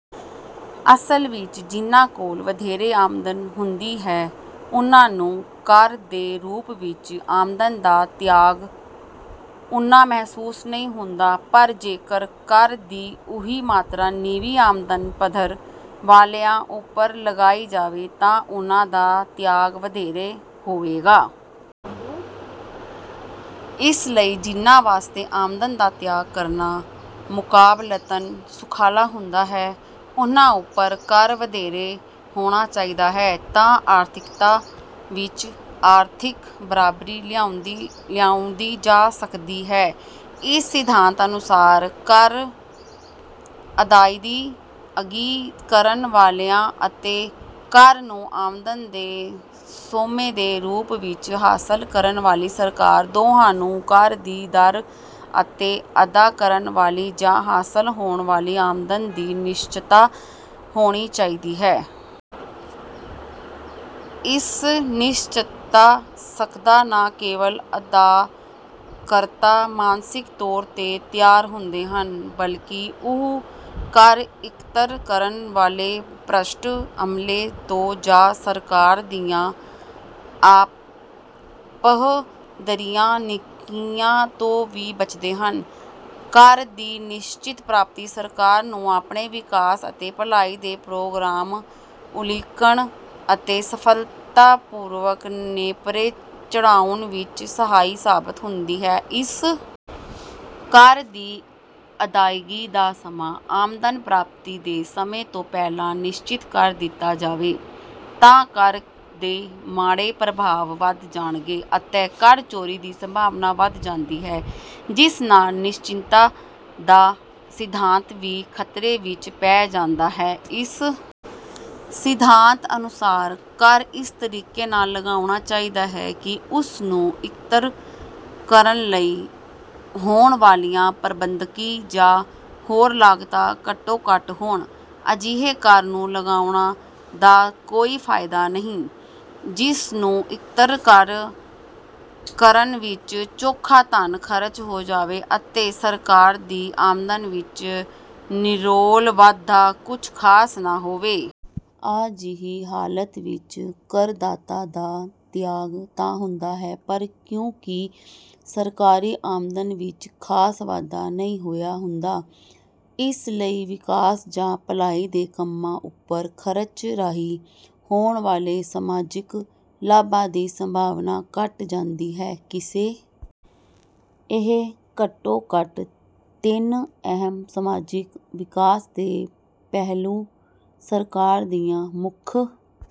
ਅਸਲ ਵਿੱਚ ਜਿਹਨਾਂ ਕੋਲ ਵਧੇਰੇ ਆਮਦਨ ਹੁੰਦੀ ਹੈ, ਉਹਨਾਂ ਨੂੰ ਕਰ ਦੇ ਰੂਪ ਵਿੱਚ ਆਮਦਨ ਦਾ ਤਿਆਗ ਉੰਨਾਂ ਮਹਿਸੂਸ ਨਹੀਂ ਹੁੰਦਾ, ਪਰ ਜੇਕਰ ਕਰ ਦੀ ਉਹੀ ਮਾਤਰਾ ਨੀਵੀਂ ਆਮਦਨ ਪੱਧਰ ਵਾਲਿਆਂ ਉੱਪਰ ਲਗਾਈ ਜਾਵੇ, ਤਾਂ ਉਹਨਾਂ ਦਾ ਤਿਆਗ ਵਧੇਰੇ ਹੋਵੇਗਾ। ਇਸ ਲਈ ਜਿਹਨਾਂ ਵਾਸਤੇ ਆਮਦਨ ਦਾ ਤਿਆਗ ਕਰਨਾ ਮੁਕਾਬਲਤਨ ਸੁਖਾਲਾ ਹੁੰਦਾ ਹੈ, ਉਹਨਾਂ ਉੱਪਰ ਕਰ ਵਧੇਰੇ ਹੋਣਾ ਚਾਹੀਦਾ ਹੈ, ਤਾਂ ਆਰਥਿਕਤਾ ਵਿੱਚ ਆਰਥਿਕ ਬਰਾਬਰੀ ਲਿਆਂਉਂਦੀ ਜਾ ਸਕਦੀ ਹੈ। ਇਸ ਸਿਧਾਂਤ ਅਨੁਸਾਰ, ਕਰ ਅਦਾਇਗੀ ਕਰਨ ਵਾਲਿਆਂ ਅਤੇ ਕਰ ਨੂੰ ਆਮਦਨ ਦੇ ਸੋਮੇਂ ਦੇ ਰੂਪ ਵਿੱਚ ਹਾਸਲ ਕਰਨ ਵਾਲੀ ਸਰਕਾਰ ਦੋਹਾਂ ਨੂੰ ਕਰ ਦੀ ਦਰ ਅਤੇ ਅਦਾ ਕਰਨ ਵਾਲੀ ਜਾਂ ਹਾਸਲ ਹੋਣ ਵਾਲੀ ਆਮਦਨ ਦੀ ਨਿਸ਼ਚਤਤਾ ਹੋਣੀ ਚਾਹੀਦੀ ਹੈ। ਇਸ ਨਿਸ਼ਚਤਤਾ ਸਦਕਾ ਨਾਂ ਕੇਵਲ ਅਦਾਕਰਤਾ ਮਾਨਸਿਕ ਤੌਰ ਤੇ ਤਿਆਰ ਹੁੰਦੇ ਹਨ, ਬਲਕਿ ਉਹ ਕਰ ਇਕੱਤਰ ਕਰਨ ਵਾਲੇ ਭ੍ਰਸ਼ਟ ਅਮਲੇ ਤੋਂ ਜਾਂ ਸਰਕਾਰ ਦੀਆਂ ਆਪਹੁਦਰੀਆਂ ਨੀਤੀਆਂ ਤੋਂ ਵੀ ਬਚਦੇ ਹਨ। ਕਰ ਦੀ ਨਿਸ਼ਚਿਤ ਪ੍ਰਾਪਤੀ ਸਰਕਾਰ ਨੂੰ ਆਪਣੇ ਵਿਕਾਸ ਅਤੇ ਭਲਾਈ ਦੇ ਪ੍ਰੋਗਰਾਮ ਉਲੀਕਣ ਅਤੇ ਸਫਲਤਾ ਪੂਰਵਕ ਨੇਪਰੇ ਚੜ੍ਹਾਉਣ ਵਿੱਚ ਸਹਾਈ ਸਾਬਤ ਹੁੰਦੀ ਹੈ। ਇਸ ਕਰ ਦੀ ਅਦਾਇਗੀ ਦਾ ਸਮਾਂ ਆਮਦਨ ਪ੍ਰਾਪਤੀ ਦੇ ਸਮੇਂ ਤੋਂ ਪਹਿਲਾਂ ਨਿਸ਼ਚਿਤ ਕਰ ਦਿੱਤਾ ਜਾਵੇ, ਤਾਂ ਕਰ ਦੇ ਮਾੜੇ ਪ੍ਰਭਾਵ ਵਧ ਜਾਣਗੇ ਅਤੇ ਕਰ ਚੋਰੀ ਦੀ ਸੰਭਾਵਨਾ ਵਧ ਜਾਂਦੀ ਹੈ, ਜਿਸ ਨਾਲ ਨਿਸ਼ਚਿਤਤਾ ਦਾ ਸਿਧਾਂਤ ਵੀ ਖਤਰੇ ਵਿੱਚ ਪੈ ਜਾਂਦਾ ਹੈ। ਇਸ ਸਿਧਾਂਤ ਅਨੁਸਾਰ, ਕਰ ਇਸ ਤਰੀਕੇ ਨਾਲ ਲਗਾਉਣਾ ਚਾਹੀਦਾ ਹੈ ਕਿ ਉਸ ਨੂੰ ਇਕੱਤਰ ਕਰਨ ਲਈ ਹੋਣ ਵਾਲੀਆਂ ਪ੍ਰਬੰਧਕੀ ਜਾਂ ਹੋਰ ਲਾਗਤਾਂ ਘੱਟੋ ਘੱਟ ਹੋਣ। ਅਜਿਹੇ ਕਰ ਨੂੰ ਲਗਾਉਣ ਦਾ ਕੋਈ ਫਾਇਦਾ ਨਹੀਂ, ਜਿਸ ਨੂੰ ਇਕੱਤਰ ਕਰਨ ਵਿੱਚ ਚੋਖਾ ਧਨ ਖਰਚ ਹੋ ਜਾਵੇ ਅਤੇ ਸਰਕਾਰ ਦੀ ਆਮਦਨ ਵਿੱਚ ਨਿਰੋਲ ਵਾਧਾ ਕੁਝ ਖਾਸ ਨਾ ਹੋਵੇ। ਅਜਿਹੀ ਹਾਲਤ ਵਿੱਚ ਕਰਦਾਤਾ ਦਾ ਤਿਆਗ ਤਾਂ ਹੁੰਦਾ ਹੈ, ਪਰ ਕਿਉਂਕਿ ਸਰਕਾਰੀ ਆਮਦਨ ਵਿੱਚ ਖਾਸ ਵਾਧਾ ਨਹੀਂ ਹੋਇਆ ਹੁੰਦਾ, ਇਸ ਲਈ ਵਿਕਾਸ ਜਾਂ ਭਲਾਈ ਦੇ ਕੰਮਾਂ ਉੱਪਰ ਖਰਚ ਰਾਹੀਂ ਹੋਣ ਵਾਲੇ ਸਮਾਜਿਕ ਲਾਭਾਂ ਦੀ ਸੰਭਾਵਨਾਂ ਘਟ ਜਾਂਦੀ ਹੈ। ਕਿਸੇ ਇਹ ਘੱਟੋ ਘੱਟ ਤਿੰਨ ਅਹਿਮ ਸਮਾਜਿਕ ਵਿਕਾਸ ਦੇ ਪਹਿਲੂ ਸਰਕਾਰ ਦੀਆਂ ਮੁੱਖ...